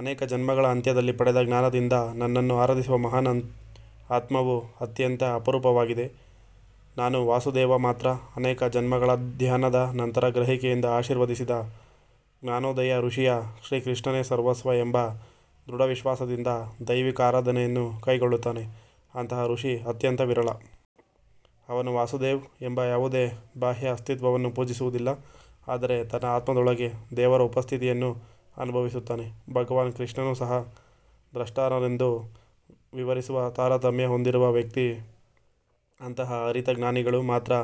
ಅನೇಕ ಜನ್ಮಗಳ ಅಂತ್ಯದಲ್ಲಿ ಪಡೆದ ಜ್ಞಾನದಿಂದ ನನ್ನನ್ನು ಆರಾಧಿಸುವ ಮಹಾನ್ ಆತ್ಮವು ಅತ್ಯಂತ ಅಪರೂಪವಾಗಿದೆ ನಾನು ವಾಸುದೇವ ಮಾತ್ರ ಅನೇಕ ಜನ್ಮಗಳ ಧ್ಯಾನದ ನಂತರ ಗ್ರಹಿಕೆಯಿಂದ ಆಶೀರ್ವದಿಸಿದ ಜ್ಞಾನೋದಯ ಋಷಿಯು ಶ್ರೀಕೃಷ್ಣನೇ ಸರ್ವಸ್ವ ಎಂಬ ದೃಢವಿಶ್ವಾಸದಿಂದ ದೈವಿಕ ಆರಾಧನೆಯನ್ನು ಕೈಗೊಳ್ಳುತ್ತಾನೆ. ಅಂತಹ ಋಷಿ ಅತ್ಯಂತ ವಿರಳ ಅವನು ವಾಸುದೇವ್ ಎಂಬ ಯಾವುದೇ ಬಾಹ್ಯ ಅಸ್ತಿತ್ವವನ್ನು ಪೂಜಿಸುವುದಿಲ್ಲ ಆದರೆ ತನ್ನ ಆತ್ಮದೊಳಗೆ ದೇವರ ಉಪಸ್ಥಿತಿಯನ್ನು ಅನುಭವಿಸುತ್ತಾನೆ ಭಗವಾನ್ ಕೃಷ್ಣನು ಸಹ ದ್ರಷ್ಟಾರನೆಂದು ವಿವರಿಸುವ ತಾರತಮ್ಯ ಹೊಂದಿರುವ ವ್ಯಕ್ತಿ ಅಂತಹ ಅರಿತ ಜ್ಞಾನಿಗಳು ಮಾತ್ರ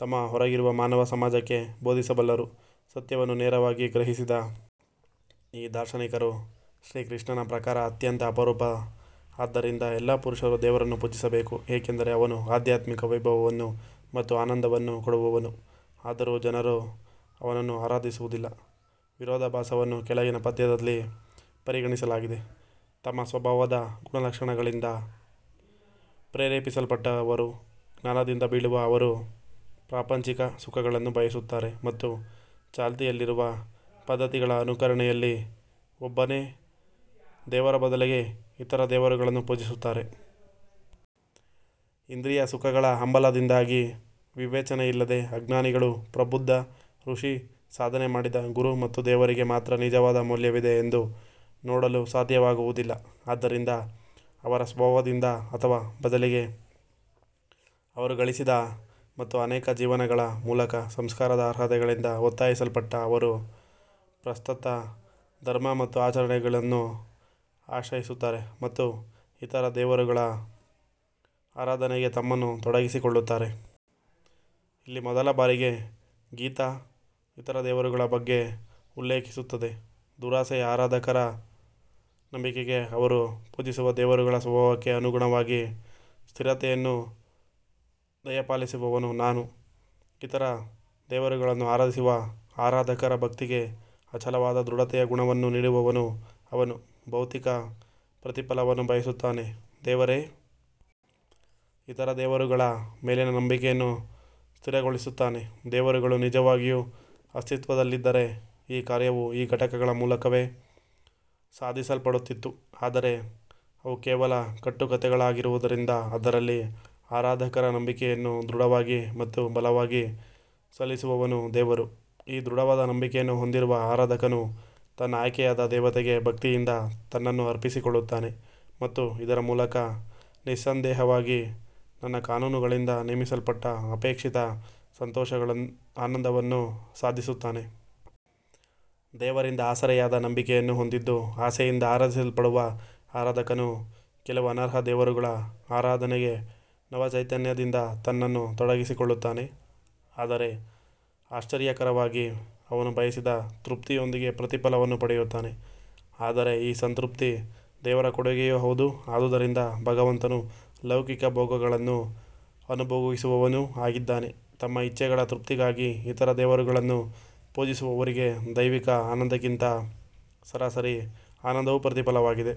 ತಮ್ಮ ಹೊರಗಿರುವ ಮಾನವ ಸಮಾಜಕ್ಕೆ ಬೋಧಿಸಬಲ್ಲರು ಸತ್ಯವನ್ನು ನೇರವಾಗಿ ಗ್ರಹಿಸಿದ ಈ ದಾರ್ಶನಿಕರು ಶ್ರೀಕೃಷ್ಣನ ಪ್ರಕಾರ ಅತ್ಯಂತ ಅಪರೂಪ ಆದ್ದರಿಂದ ಎಲ್ಲಾ ಪುರುಷರು ದೇವರನ್ನು ಪೂಜಿಸಬೇಕು ಏಕೆಂದರೆ ಅವನು ಆಧ್ಯಾತ್ಮಿಕ ವೈಭವವನ್ನು ಮತ್ತು ಆನಂದವನ್ನು ಕೊಡುವವನು ಆದರೂ ಜನರು ಅವನನ್ನು ಆರಾಧಿಸುವುದಿಲ್ಲ ವಿರೋಧಾಭಾಸವನ್ನು ಕೆಳಗಿನ ಪದ್ಯದಲ್ಲಿ ಪರಿಗಣಿಸಲಾಗಿದೆ ತಮ್ಮ ಸ್ವಭಾವದ ಗುಣಲಕ್ಷಣಗಳಿಂದ ಪ್ರೇರೇಪಿಸಲ್ಪಟ್ಟವರು ಜ್ಞಾನದಿಂದ ಬೀಳುವ ಅವರು ಪ್ರಾಪಂಚಿಕ ಸುಖಗಳನ್ನು ಬಯಸುತ್ತಾರೆ ಮತ್ತು ಚಾಲ್ತಿಯಲ್ಲಿರುವ ಪದ್ಧತಿಗಳ ಅನುಕರಣೆಯಲ್ಲಿ ಒಬ್ಬನೇ ದೇವರ ಬದಲಿಗೆ ಇತರ ದೇವರುಗಳನ್ನು ಪೂಜಿಸುತ್ತಾರೆ. ಇಂದ್ರಿಯ ಸುಖಗಳ ಹಂಬಲದಿಂದಾಗಿ ವಿವೇಚನೆಯಿಲ್ಲದ ಅಜ್ಞಾನಿಗಳು ಪ್ರಬುದ್ಧ ಋಷಿ ಸಾಧನೆ ಮಾಡಿದ ಗುರು ಮತ್ತು ದೇವರಿಗೆ ಮಾತ್ರ ನಿಜವಾದ ಮೌಲ್ಯವಿದೆ ಎಂದು ನೋಡಲು ಸಾಧ್ಯವಾಗುವುದಿಲ್ಲ. ಆದ್ದರಿಂದ ಅವರ ಸ್ವಭಾವದಿಂದ ಅಥವಾ ಬದಲಿಗೆ ಅವರು ಗಳಿಸಿದ ಮತ್ತು ಅನೇಕ ಜೀವನಗಳ ಮೂಲಕ ಸಂಸ್ಕಾರದ ಅರ್ಹತೆಗಳಿಂದ ಒತ್ತಾಯಿಸಲ್ಪಟ್ಟ ಅವರು ಪ್ರಸ್ತುತ ಧರ್ಮ ಮತ್ತು ಆಚರಣೆಗಳನ್ನು ಆಶ್ರಯಿಸುತ್ತಾರೆ ಮತ್ತು ಇತರ ದೇವರುಗಳ ಆರಾಧನೆಗೆ ತಮ್ಮನ್ನು ತೊಡಗಿಸಿಕೊಳ್ಳುತ್ತಾರೆ. ಇಲ್ಲಿ ಮೊದಲ ಬಾರಿಗೆ ಗೀತಾ ಇತರ ದೇವರುಗಳ ಬಗ್ಗೆ ಉಲ್ಲೇಖಿಸುತ್ತದೆ ದುರಾಸೆಯ ಆರಾಧಕರ ನಂಬಿಕೆಗೆ ಅವರು ಪೂಜಿಸುವ ದೇವರುಗಳ ಸ್ವಭಾವಕ್ಕೆ ಅನುಗುಣವಾಗಿ ಸ್ಥಿರತೆಯನ್ನು ದಯಪಾಲಿಸುವವನು ನಾನು. ಇತರ ದೇವರುಗಳನ್ನು ಆರಾಧಿಸುವ ಆರಾಧಕರ ಭಕ್ತಿಗೆ ಅಚಲವಾದ ದೃಢತೆಯ ಗುಣವನ್ನು ನೀಡುವವನು ಅವನು ಭೌತಿಕ ಪ್ರತಿಫಲವನ್ನು ಬಯಸುತ್ತಾನೆ. ದೇವರೇ ಇತರ ದೇವರುಗಳ ಮೇಲಿನ ನಂಬಿಕೆಯನ್ನು ಸ್ಥಿರಗೊಳಿಸುತ್ತಾನೆ ದೇವರುಗಳು ನಿಜವಾಗಿಯೂ ಅಸ್ತಿತ್ವದಲ್ಲಿದ್ದರೆ ಈ ಕಾರ್ಯವು ಈ ಘಟಕಗಳ ಮೂಲಕವೇ ಸಾಧಿಸಲ್ಪಡುತ್ತಿತ್ತು ಆದರೆ ಅವು ಕೇವಲ ಕಟ್ಟುಕಥೆಗಳಾಗಿರುವುದರಿಂದ ಅವರಲ್ಲಿ ಆರಾಧಕರ ನಂಬಿಕೆಯನ್ನು ದೃಢವಾಗಿ ಮತ್ತು ಬಲವಾಗಿ ಸಲ್ಲಿಸುವವನು ದೇವರು ಈ ದೃಢವಾದ ನಂಬಿಕೆಯನ್ನು ಹೊಂದಿರುವ ಆರಾಧಕನು ತನ್ನ ಆಯ್ಕೆಯಾದ ದೇವತೆಗೆ ಭಕ್ತಿಯಿಂದ ತನ್ನನ್ನು ಅರ್ಪಿಸಿಕೊಳ್ಳುತ್ತಾನೆ ಮತ್ತು ಇದರ ಮೂಲಕ ನಿಸ್ಸಂದೇಹವಾಗಿ ನನ್ನ ಕಾನೂನುಗಳಿಂದ ನೇಮಿಸಲ್ಪಟ್ಟ ಅಪೇಕ್ಷಿತ ಸಂತೋಷಗಳ ಆನಂದವನ್ನು ಸಾಧಿಸುತ್ತಾನೆ. ದೇವರಿಂದ ಆಸರೆಯಾದ ನಂಬಿಕೆಯನ್ನು ಹೊಂದಿದ್ದು ಆಸೆಯಿಂದ ಆರಾಧಿಸಲ್ಪಡುವ ಆರಾಧಕನು ಕೆಲವು ಅನರ್ಹ ದೇವರುಗಳ ಆರಾಧನೆಗೆ ನವಚೈತನ್ಯದಿಂದ ತನ್ನನ್ನು ತೊಡಗಿಸಿಕೊಳ್ಳುತ್ತಾನೆ ಆದರೆ ಆಶ್ಚರ್ಯಕರವಾಗಿ ಅವನು ಬಯಸಿದ ತೃಪ್ತಿಯೊಂದಿಗೆ ಪ್ರತಿಫಲವನ್ನು ಪಡೆಯುತ್ತಾನೆ. ಆದರೆ ಈ ಸಂತೃಪ್ತಿ ದೇವರ ಕೊಡುಗೆಯೂ ಹೌದು ಆದುದರಿಂದ ಭಗವಂತನು ಲೌಕಿಕ ಭೋಗಗಳನ್ನು ಅನುಭೋಗಿಸುವವನೂ ಆಗಿದ್ದಾನೆ ತಮ್ಮ ಇಚ್ಛೆಗಳ ತೃಪ್ತಿಗಾಗಿ ಇತರ ದೇವರುಗಳನ್ನು ಪೂಜಿಸುವವರಿಗೆ ದೈವಿಕ ಆನಂದಕ್ಕಿಂತ ಸರಾಸರಿ ಆನಂದವು ಪ್ರತಿಫಲವಾಗಿದೆ.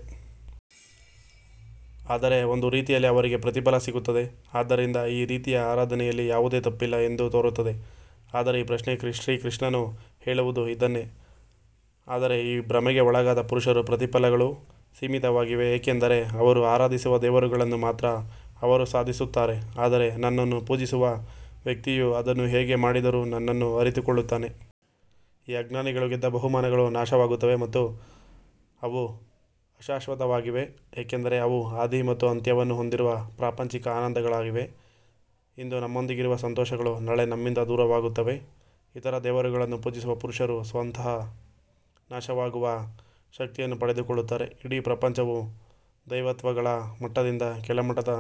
ಆದರೆ ಒಂದು ರೀತಿಯಲ್ಲಿ ಅವರಿಗೆ ಪ್ರತಿಫಲ ಸಿಗುತ್ತದೆ ಆದ್ದರಿಂದ ಈ ರೀತಿಯ ಆರಾಧನೆಯಲ್ಲಿ ಯಾವುದೇ ತಪ್ಪಿಲ್ಲ ಎಂದು ತೋರುತ್ತದೆ ಆದರೆ ಈ ಪ್ರಶ್ನೆಗೆ ಶ್ರೀಕೃಷ್ಣನು ಹೇಳುವುದು ಇದನ್ನೇ ಆದರೆ ಈ ಭ್ರಮೆಗೆ ಒಳಗಾದ ಪುರುಷರ ಪ್ರತಿಫಲಗಳು ಸೀಮಿತವಾಗಿವೆ ಏಕೆಂದರೆ ಅವರು ಆರಾಧಿಸುವ ದೇವರುಗಳನ್ನು ಮಾತ್ರ ಅವರು ಸಾಧಿಸುತ್ತಾರೆ ಆದರೆ ನನ್ನನ್ನು ಪೂಜಿಸುವ ವ್ಯಕ್ತಿಯು ಅದನ್ನು ಹೇಗೆ ಮಾಡಿದರೂ ನನ್ನನ್ನು ಅರಿತುಕೊಳ್ಳುತ್ತಾನೆ. ಈ ಅಜ್ಞಾನಿಗಳು ಗೆದ್ದ ಬಹುಮಾನಗಳು ನಾಶವಾಗುತ್ತವೆ ಅವು ಅಶಾಶ್ವತವಾಗಿವೆ ಏಕೆಂದರೆ ಅವು ಆದಿ ಮತ್ತು ಅಂತ್ಯವನ್ನು ಹೊಂದಿರುವ ಪ್ರಾಪಂಚಿಕ ಆನಂದಗಳಾಗಿವೆ ಇಂದು ನಮ್ಮೊಂದಿಗಿರುವ ಸಂತೋಷಗಳು ನಾಳೆ ನಮ್ಮಿಂದ ದೂರವಾಗುತ್ತವೆ ಇತರ ದೇವರುಗಳನ್ನು ಪೂಜಿಸುವ ಪುರುಷರು ಸ್ವತಃ ನಾಶವಾಗುವ ಶಕ್ತಿಯನ್ನು ಪಡೆದುಕೊಳ್ಳುತ್ತಾರೆ ಇಡೀ ಪ್ರಪಂಚವು ದೈವತ್ವಗಳ ಮಟ್ಟದಿಂದ ಕೆಳಮಟ್ಟದ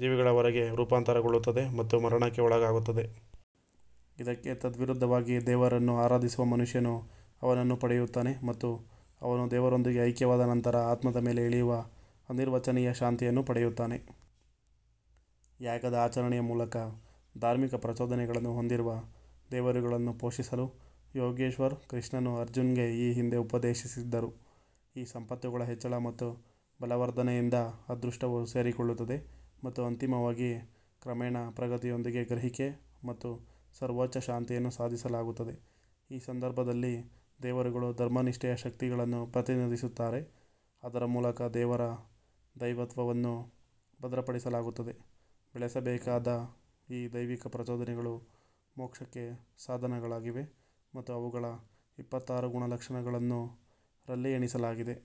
ಜೀವಿಗಳವರೆಗೆ ರೂಪಾಂತರಗೊಳ್ಳುತ್ತದೆ ಮತ್ತು ಮರಣಕ್ಕೆ ಒಳಗಾಗುತ್ತದೆ. ಇದಕ್ಕೆ ತದ್ವಿರುದ್ಧವಾಗಿ ದೇವರನ್ನು ಆರಾಧಿಸುವ ಮನುಷ್ಯನು ಅವನನ್ನು ಪಡೆಯುತ್ತಾನೆ ಮತ್ತು ಅವನು ದೇವರೊಂದಿಗೆ ಐಕ್ಯವಾದ ನಂತರ ಆತ್ಮದ ಮೇಲೆ ಇಳಿಯುವ ಅನಿರ್ವಚನೀಯ ಶಾಂತಿಯನ್ನು ಪಡೆಯುತ್ತಾನೆ. ಯಾಗದ ಆಚರಣೆಯ ಮೂಲಕ ಧಾರ್ಮಿಕ ಪ್ರಚೋದನೆಗಳನ್ನು ಹೊಂದಿರುವ ದೇವರುಗಳನ್ನು ಪೋಷಿಸಲು ಯೋಗೇಶ್ವರ್ ಕೃಷ್ಣನು ಅರ್ಜುನ್ಗೆ ಈ ಹಿಂದೆ ಉಪದೇಶಿಸಿದ್ದರು. ಈ ಸಂಪತ್ತುಗಳ ಹೆಚ್ಚಳ ಮತ್ತು ಬಲವರ್ಧನೆಯಿಂದ ಅದೃಷ್ಟವು ಸೇರಿಕೊಳ್ಳುತ್ತದೆ ಮತ್ತು ಅಂತಿಮವಾಗಿ ಕ್ರಮೇಣ ಪ್ರಗತಿಯೊಂದಿಗೆ ಗ್ರಹಿಕೆ ಮತ್ತು ಸರ್ವೋಚ್ಚ ಶಾಂತಿಯನ್ನು ಸಾಧಿಸಲಾಗುತ್ತದೆ ಈ ಸಂದರ್ಭದಲ್ಲಿ ದೇವರುಗಳು ಧರ್ಮನಿಷ್ಠೆಯ ಶಕ್ತಿಗಳನ್ನು ಪ್ರತಿನಿಧಿಸುತ್ತಾರೆ ಅದರ ಮೂಲಕ ದೇವರ ದೈವತ್ವವನ್ನು ಭದ್ರಪಡಿಸಲಾಗುತ್ತದೆ ಬೆಳೆಸಬೇಕಾದ ಈ ದೈವಿಕ ಪ್ರಚೋದನೆಗಳು ಮೋಕ್ಷಕ್ಕೆ ಸಾಧನಗಳಾಗಿವೆ ಮತ್ತು ಅವುಗಳ ಇಪ್ಪತ್ತಾರು ಗುಣಲಕ್ಷಣಗಳನ್ನು ರಲ್ಲಿ ಎಣಿಸಲಾಗಿದೆ.